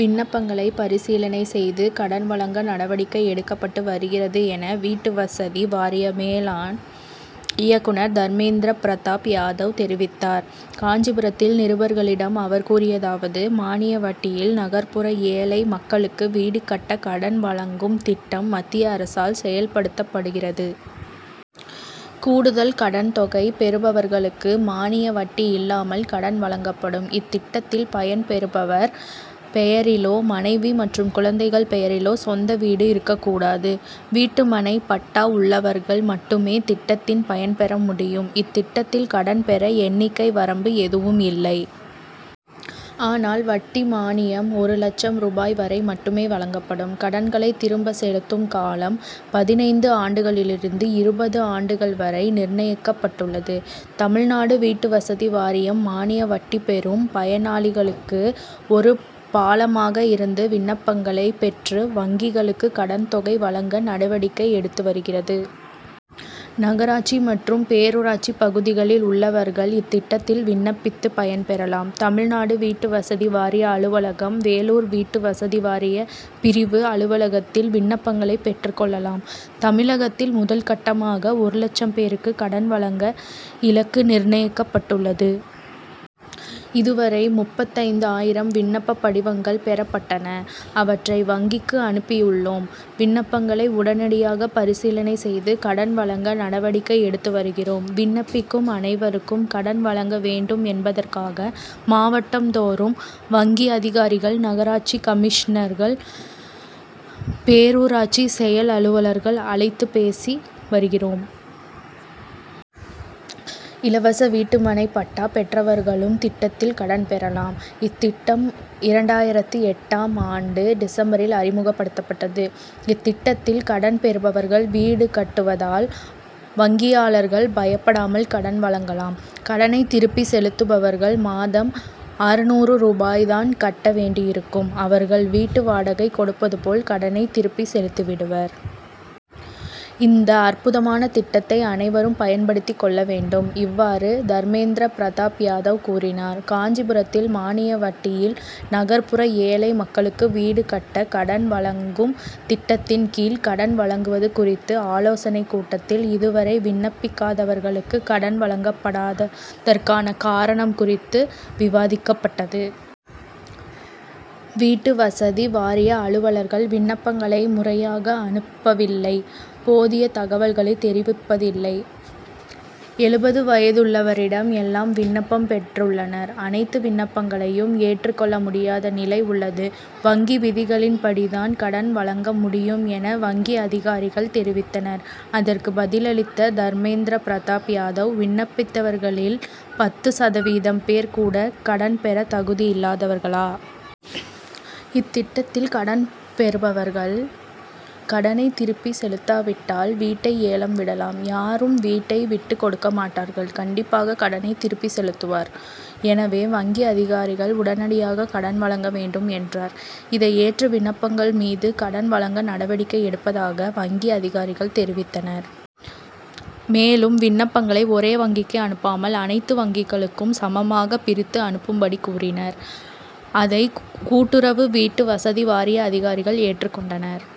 விண்ணப்பங்களை பரிசீலனை செய்து கடன் வழங்க நடவடிக்கை எடுக்கப்பட்டு வருகிறது என வீட்டு வசதி வாரிய மேலாண் இயக்குனர் தர்மேந்திரா பிரதாப் யாதவ் தெரிவித்தார். காஞ்சிபுரத்தில் நிருபர்களிடம் அவர் கூறியதாவது:மானிய வட்டியில் நகர்ப்புற ஏழை மக்களுக்கு வீடு கட்ட கடன் வழங்கும் திட்டம் மத்திய அரசால் செயல்படுத்தப்படுகிறது. கூடுதல் கடன் தொகை பெறுபவர்களுக்கு மானிய வட்டி இல்லாமல் கடன் வழங்கப்படும். இத்திட்டத்தில் பயன்பெறுபவர் பெயரிலோ, மனைவி மற்றும் குழந்தைகள் பெயரிலோ சொந்த வீடு இருக்கக் கூடாது. வீட்டுமனைப் பட்டா உள்ளவர்கள் மட்டுமே திட்டத்தில் பயன்பெற முடியும். இத்திட்டத்தில் கடன் பெற எண்ணிக்கை வரம்பு எதுவும் இல்லை. ஆனால், வட்டி மானியம் ஒரு லட்சம் ரூபாய் வரை மட்டுமே வழங்கப்படும். கடன்களை திரும்ப செலுத்தும் காலம், பதினைந்து ஆண்டுகளிலிருந்து இருபது ஆண்டுகள் வரை நிர்ணயிக்கப்பட்டுள்ளது. தமிழ்நாடு வீட்டு வசதி வாரியம் மானிய வட்டி பெறும் பயனாளிகளுக்கு ஒரு பாலமாக இருந்து விண்ணப்பங்களைப் பெற்று வங்கிகளுக்கு கடன் தொகை வழங்க நடவடிக்கை எடுத்து வருகிறது. நகராட்சி மற்றும் பேரூராட்சிப் பகுதிகளில் உள்ளவர்கள் இத்திட் டத்தில் விண்ணப்பித்து பயன்பெறலாம். தமிழ்நாடு வீட்டு வசதி வாரிய அலுவலகம், வேலூர் வீட்டு வசதி வாரியப் பிரிவு அலுவலகத்தில் விண்ணப்பங்களைப் பெற்றுக் கொள்ளலாம். தமிழகத்தில் முதல் கட்டமாக ஒரு லட்சம் பேருக்கு கடன் வழங்க இலக்கு நிர்ணயிக்கப்பட்டுள்ளது. இதுவரை முப்பத்தைந்து ஆயிரம் விண்ணப்பப் படிவங்கள் பெறப் பட்டுள்ளன. அவற்றை வங்கிக்கு அனுப்பியுள்ளோம். விண்ணப்பங்களை உடனடியாக பரிசீலனை செய்து கடன் வழங்க நடவடிக்கை எடுத்து வருகிறோம். விண்ணப்பிக்கும் அனைவருக்கும் கடன் வழங்க வேண்டும் என்பதற்காக மாவட்டம்தோறும் வங்கி அதிகாரிகள், நகராட்சி கமிஷனர்கள், பேரூராட்சி செயல் அலுவலர்கள் அழைத்து பேசி வருகிறோம் இலவச வீட்டுமனைப்பட்டா பெற்றவர்களும் திட்டத்தில் கடன் பெறலாம். இத்திட்டம் இரண்டாயிரத்து எட்டாம் ஆண்டு டிசம்பரில் அறிமுகப்படுத்தப்பட்டது. இத்திட்டத்தில் கடன் பெறுபவர்கள் வீடு கட்டுவதால் வங்கியாளர்கள் பயப்படாமல் கடன் வழங்கலாம். கடனை திருப்பி செலுத்துபவர்கள் மாதம் அறுநூறு ரூபாய் தான் கட்ட வேண்டியிருக்கும். அவர்கள் வீட்டு வாடகை கொடுப்பதுபோல் கடனை திருப்பி செலுத்திவிடுவர். இந்த அற்புதமான திட்டத்தை அனைவரும் பயன்படுத்திக் கொள்ள வேண்டும். இவ்வாறு தர்மேந்திரா பிரதாப் யாதவ் கூறினார். காஞ்சிபுரத்தில் மானிய வட்டியில் நகர்ப்புற ஏழை மக்களுக்கு வீடு கட்ட கடன் வழங்கும் திட்டத்தின் கீழ் கடன் வழங்குவது குறித்த ஆலோசனைக் கூட்டத்தில் இதுவரை விண்ணப்பித்தவர்களுக்கு கடன் வழங்கப்படாததற்கான காரணம் குறித்து விவாதிக்கப்பட்டது. வீட்டு வசதி வாரிய அலுவலர்கள் விண்ணப்பங்களை முறையாக அனுப்பவில்லை. போதிய தகவல்களை தெரிவிப்பதில்லை. எழுபது வயதுள்ளவரிடம் எல்லாம் விண்ணப்பம் பெற்றுள்ளனர். அனைத்து விண்ணப்பங்களையும் ஏற்றுக்கொள்ள முடியாத நிலை உள்ளது. வங்கி விதிகளின்படிதான் கடன் வழங்க முடியும் என, வங்கி அதிகாரிகள் தெரிவித்தனர். அதற்கு பதிலளித்த தர்மேந் திரா பிரதாப் யாதவ், விண்ணப்பித்தவர்களில் பத்து சதவீதம் பேர் கூட கடன் பெற தகுதியில்லாதவர்களா? இத்திட்டத்தில் கடன் பெறுவர்கள் கடனை திருப்பி செலுத்தாவிட்டால் வீட்டை ஏலம் விடலாம். யாரும் வீட்டை விட்டுக் கொடுக்க மாட்டார்கள். கண்டிப்பாக கடனை திருப்பி செலுத்துவர். எனவே வங்கி அதிகாரிகள் உடனடியாக கடன் வழங்க வேண்டும்,'' என்றார். இதை ஏற்று விண்ணப்பங்கள் மீது கடன் வழங்க நடவடிக்கை எடுப்பதாக வங்கி அதிகாரிகள் தெரிவித்தனர். மேலும் விண்ணப் பங்களை ஒரே வங்கிக்கு அனுப்பாமல் அனைத்து வங்கிகளுக்கும் சமமாக பிரித்து அனுப்பும்படி கூறினர். அதை கூட்டுறவு வீட்டு வசதி வாரிய அதிகாரிகள் ஏற்றுக் கொண்டனர்.